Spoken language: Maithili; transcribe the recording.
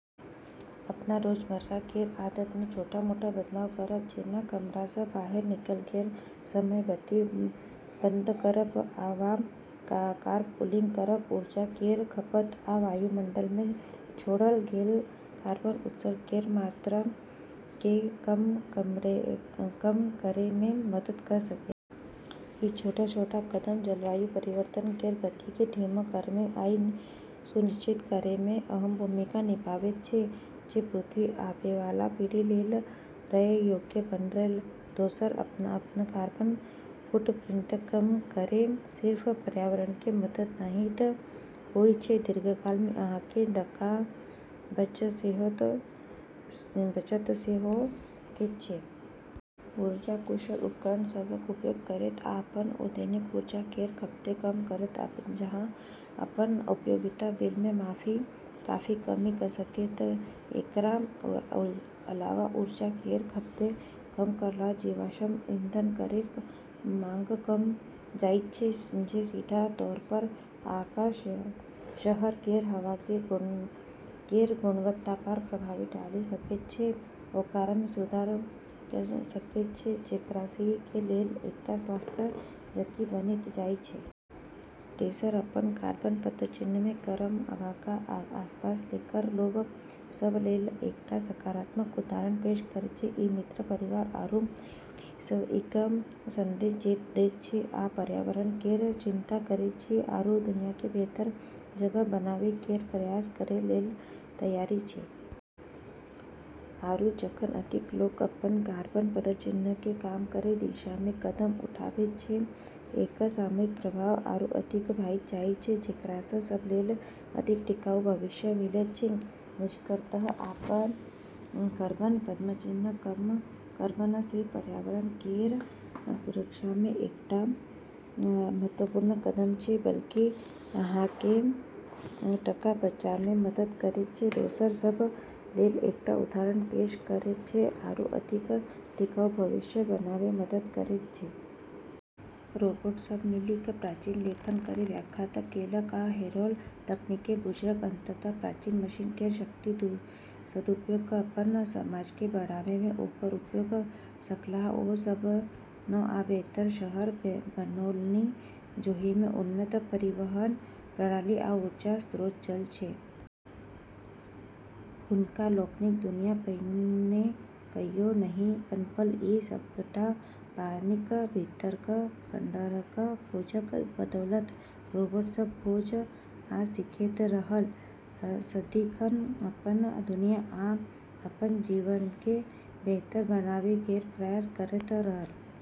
अपन रोजमर्रा केर आदतमे छोट-छोट बदलाव करब, जेना कमरासँ बाहर निकलै केर समय बत्ती बंद करब वा कारपूलिंग करब, ऊर्जा केर खपत आ वायुमंडलमे छोड़ल गेल कार्बन उत्सर्जन केर मात्राकेँ कम करैमे मदद कऽ सकैत छै। ई छोट-छोट कदम जलवायु परिवर्तन केर गतिकेँ धीमा करैमे आरू ई सुनिश्चित करैमे अहम भूमिका निभाबैत छै जे पृथ्वी आबैवाला पीढ़ी लेल रहै योग्य बनल रहै। दोसर, अपन कार्बन फुटप्रिंटकेँ कम करैसँ सिर्फ पर्यावरणकेँ मदद नहि होइत छै - दीर्घकालमे अहाँकेँ टकाक बचत सेहो भऽ सकैत छै। ऊर्जा कुशल उपकरण सभक उपयोग करैत आ अपन दैनिक ऊर्जा केर खपतकेँ कम करैत, अहाँ अपन उपयोगिता बिलमे काफी कमी कऽ सकैत छी। एकरा अलावा ऊर्जा केर खपतकेँ कम करलासँ जीवाश्म ईंधन केर माँग कम भऽ जाइत छै, जे सीधा तौरपर अहाँक शहर केर हवा केर गुणवत्तापर प्रभाव डालि सकैत छै आरू ओकरामे सुधार कऽ सकैत छै, जेकरासँ ई रहै लेल एकटा स्वस्थ जगह बनि जाइत छै। तेसर, अपन कार्बन पदचिह्नकेँ कम करब अहाँक आसपास केर लोक सभ लेल एकटा सकारात्मक उदाहरण पेश करैत छै - ई मित्र, परिवार, आरू सहयोगी सभकेँ ई संदेश दैत छै जे अहाँ पर्यावरण केर चिंता करैत छी आरू दुनियाकेँ बेहतर जगह बनाबै केर प्रयास करै लेल तैयार छी। आरू, जखन अधिक लोक अपन कार्बन पदचिह्नकेँ कम करै केर दिशामे कदम उठाबैत छै, तऽ एकर सामूहिक प्रभाव आरू अधिक भऽ जाइत छै, जेकरासँ सब लेल अधिक टिकाऊ भविष्य मिलैत छै। निष्कर्षतः, अपन कार्बन पदचिह्नकेँ कम करब न सिर्फ पर्यावरण केर सुरक्षामे एकटा महत्वपूर्ण कदम छै बल्कि अहाँकेँ टका बचाबैमे मदद करैत छै, दोसर सभ लेल एकटा उदाहरण पेश करैत छै आरू अधिक टिकाऊ भविष्य बनाबैमे मदद करैत छै। रोबोट सभ मिलि कऽ प्राचीन लेखन केर व्याख्या केलक आ हेराएल तकनीककेँ बुझलक। अन्ततः प्राचीन मशीन केर शक्तिक सदुपयोग कऽ अपन समाजकेँ बढ़ाबैमे ओकर उपयोग कऽ सकलाह। ओ सब नव आ बेहतर शहर बनौलनि, जाहिमे उन्नत परिवहन प्रणाली आ ऊर्जा स्रोत छल। हुनका लोकनिक दुनिया पहिने कहियो नहि पनपल, ई सबटा पानिक भीतरक खंडहरक खोजक बदौलत। रोबोट सब खोज आ सीखैत रहल, सदिखन अपन दुनिया आ अपन जीवनकेँ बेहतर बनाबै केर प्रयास करैत रहल।